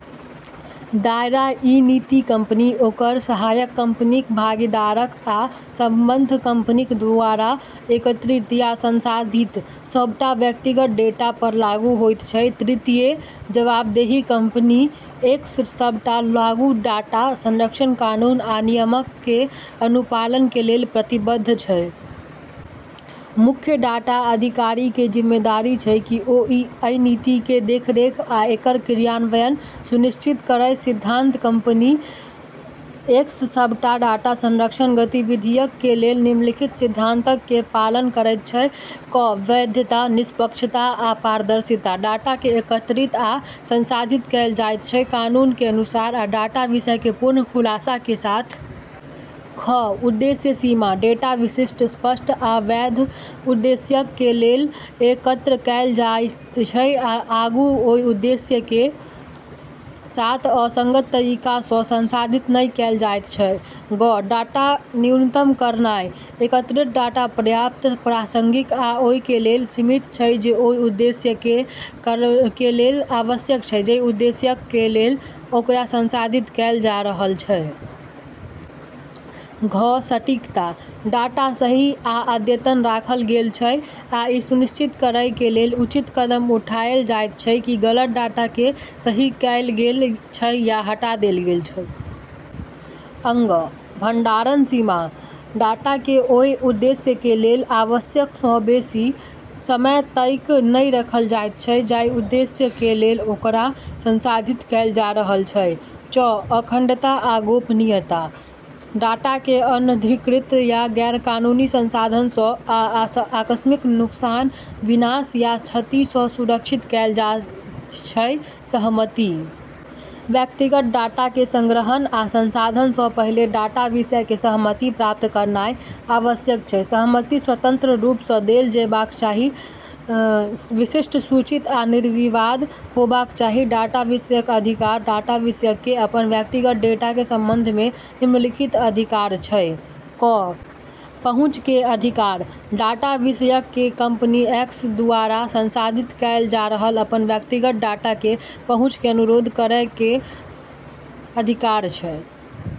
दायरा इ नीति कंपनी, ओकर सहायक कंपनीक, भागीदारक आ संबद्ध कंपनीक दूवारा एकत्रित या संसाधित सबटा व्यक्तिगत डेटा पर लागू होयत छै। तृतीय। जवाबदेही कंपनी एक्स सबटा लागू डाटा संरक्षण कानून आ नियमक के अनुपालन के लेल प्रतिबद्ध छै। मुख्य डाटा अधिकारी के जिम्मेदारी छै कि ओ अइ नीति के देखरेख आ एकर क्रियान्वयन सुनिश्चित करय। सिद्धांत कंपनी एक्स सबटा डाटा संरक्षण गतिविधियक के लेल निम्नलिखित सिद्धांतक के पालन करयत छै: क. वैधता, निष्पक्षता, आ पारदर्शिता: डाटा के एकत्रित आ संसाधित कैल जायत छै कानून के अनुसार आ डाटा विषय के पूर्ण खुलासा के साथ। ख. उद्देश्य सीमा: डेटा विशिष्ट, स्पष्ट आ वैध उद्देश्यक के लेल एकत्र कैल जायत छै आ आगू ओय उद्देश्यक के साथ असंगत तरीका सं संसाधित नहि कैल जायत छै। ग. डाटा न्यूनतम करनाय: एकत्रित डाटा पर्याप्त, प्रासंगिक आ ओय के लेल सीमित छै जे ओय उद्देश्यक के लेल आवश्यक छै जइ उद्देश्यक के लेल ओकरा संसाधित कैल जा रहल छै। घ. सटीकता: डाटा सही आ अद्यतन राखल गेल छै, आ इ सुनिश्चित करय के लेल उचित कदम उठाएल जायत छै कि गलत डाटा के सही कैल गेल छै या हटा देल गेल छै। ङ. भंडारण सीमा: डाटा के ओय उद्देश्यक के लेल आवश्यक सं बेसि समय तइक नहि राखल जायत छै जइ उद्देश्यक के लेल ओकरा संसाधित कैल जा रहल छै। च. अखंडता आ गोपनीयता: डाटा के अनधिकृत या गैरकानूनी संसाधन सं आ आकस्मिक नुकसान, विनाश, या क्षति सं सुरक्षित कैल जायत छै। सहमति व्यक्तिगत डाटा के संग्रहण आ संसाधन सं पहिले डाटा विषय के सहमति प्राप्त करनाय आवश्यक छै। सहमति स्वतंत्र रूप सं देल जेबाक चाही, विशिष्ट, सूचित आ निर्विवाद होबाक चाही। डाटा विषयक अधिकार डाटा विषयक के अपन व्यक्तिगत डेटा के संबंध मे निम्नलिखित अधिकार छै: क. पहुंच के अधिकार: डाटा विषयक के कंपनी एक्स दूवारा संसाधित कैल जा रहल अपन व्यक्तिगत डाटा के पहुंच के अनुरोध करय के अधिकार छै।